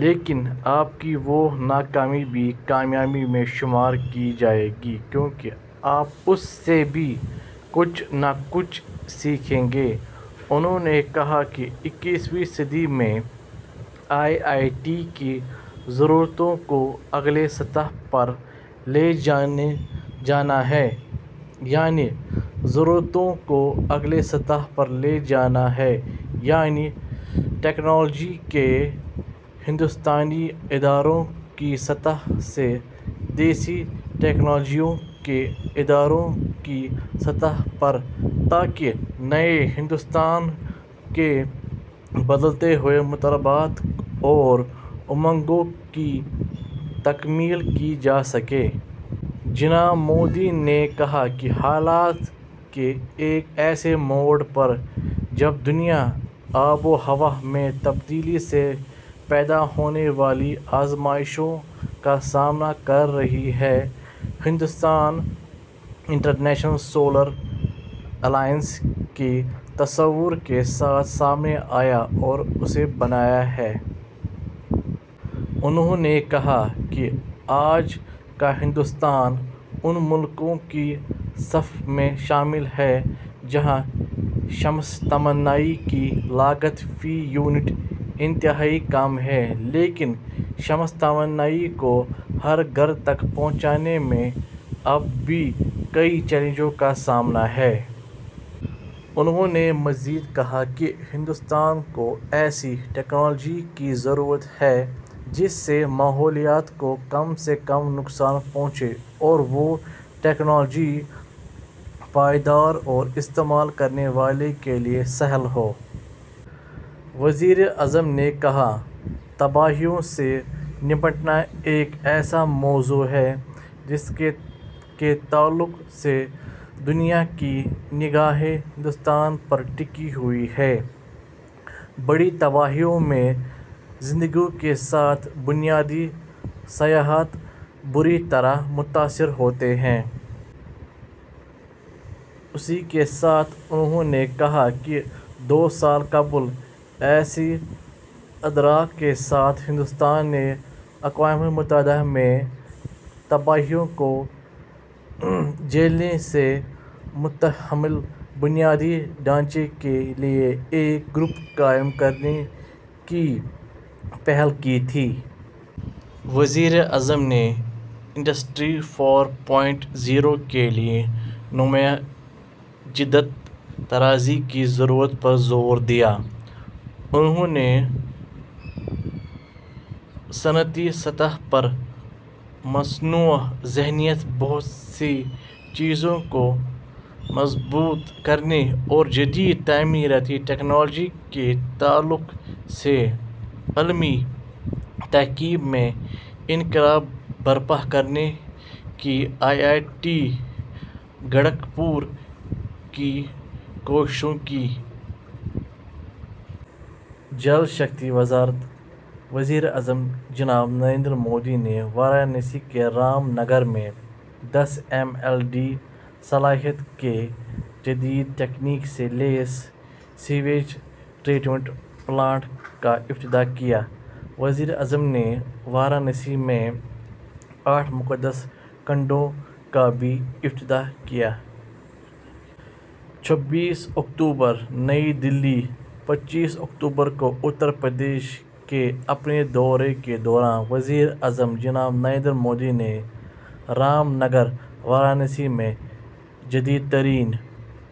لیکن آپ کی وہ ناکامی بھی کامیابی میں شمار کی جائے گی، کیونکہ آپ اس سے بھی کچھ نہ کچھ سیکھیں گے۔ انہوں نے کہا کہ اکیسویں صدی میں آئی آئی ٹی کی ضرورتوں کو اگلی سطح پر لے جانا ہے، یعنی ٹیکنالوجی کے ہندوستانی اداروں کی سطح سے دیسی ٹیکنالوجیوں کے اداروں کی سطح پر، تاکہ نئے ہندوستان کے بدلتے ہوئے مطالبات اور امنگوں کی تکمیل کی جاسکے۔ جناب مودی نے کہا کہ حالات کے ایک ایسے موڑ پر جب دنیا آب و ہوا میں تبدیلی سے پیدا ہونے والی آزمائشوں کا سامنا کررہی ہے، ہندوستان انٹرنیشنل سولر الائنس کے تصور کے ساتھ سامنے آیا اور اسے بنایا ہے۔ انہوں نے کہا کہ آج کا ہندوستان ان ملکوں کی صف میں شامل ہے جہاں شمسی توانائی کی لاگت فی یونٹ انتہائی کم ہے، لیکن شمسی توانائی کو ہر گھر تک پہنچانے میں اب بھی کئی چیلنجوں کا سامنا ہے۔ انہوں نے مزید کہا کہ ہندوستان کو ایسی ٹیکنالوجی کی ضرورت ہے جس سے ماحولیات کو کم سے کم نقصان پہنچے اور وہ ٹیکنالوجی پائیدار اور استعمال کرنے والے کے لیے سہل ہو۔ وزیر اعظم نے کہا کہ تباہیوں سے نمٹنا ایک ایسا موضوع ہے جس کے تعلق سے دنیا کی نگاہیں ہندوستان پر ٹکی ہوئی ہیں۔ بڑی تباہیوں میں زندگیوں کے ساتھ بنیادی ساختیات بری طرح متاثر ہوتی ہیں۔ اسی کے ساتھ انہوں نے کہا کہ دو سال قبل اسی ادراک کے ساتھ ہندوستان نے اقوام متحدہ میں تباہیوں کو جھیلنے کے متحمل بنیادی ڈھانچے کے لیے ایک گروپ قائم کرنے کی پہل کی تھی۔ وزیر اعظم نے انڈسٹری فور پوائنٹ زیرو کے لیے نمایاں جدت طرازی کی ضرورت پر زور دیا۔ انہوں نے صنعتی سطح پر مصنوعی ذہانت، بہت سی چیزوں کو مربوط کرنے اور جدید تعمیراتی ٹیکنالوجی کے تعلق سے علمی تحقیق میں انقلاب برپا کرنے کی آئی آئی ٹی کھڑگ پور کی کوششوں کی۔ جل شکتی وزارت۔ وزیر اعظم جناب نریندر مودی نے وارانسی کے رام نگر میں دس ایم ایل ڈی صلاحیت کے جدید تکنیک سے لیس سیویج ٹریٹمنٹ پلانٹ کا افتتاح کیا۔ وزیر اعظم نے وارانسی میں آٹھ مقدس کنڈوں کا بھی افتتاح کیا۔ چھبیس اکتوبر، نئی دہلی: پچیس اکتوبر کو اتر پردیش کے اپنے دورے کے دوران وزیر اعظم جناب نریندر مودی نے رام نگر، وارانسی میں جدید ترین...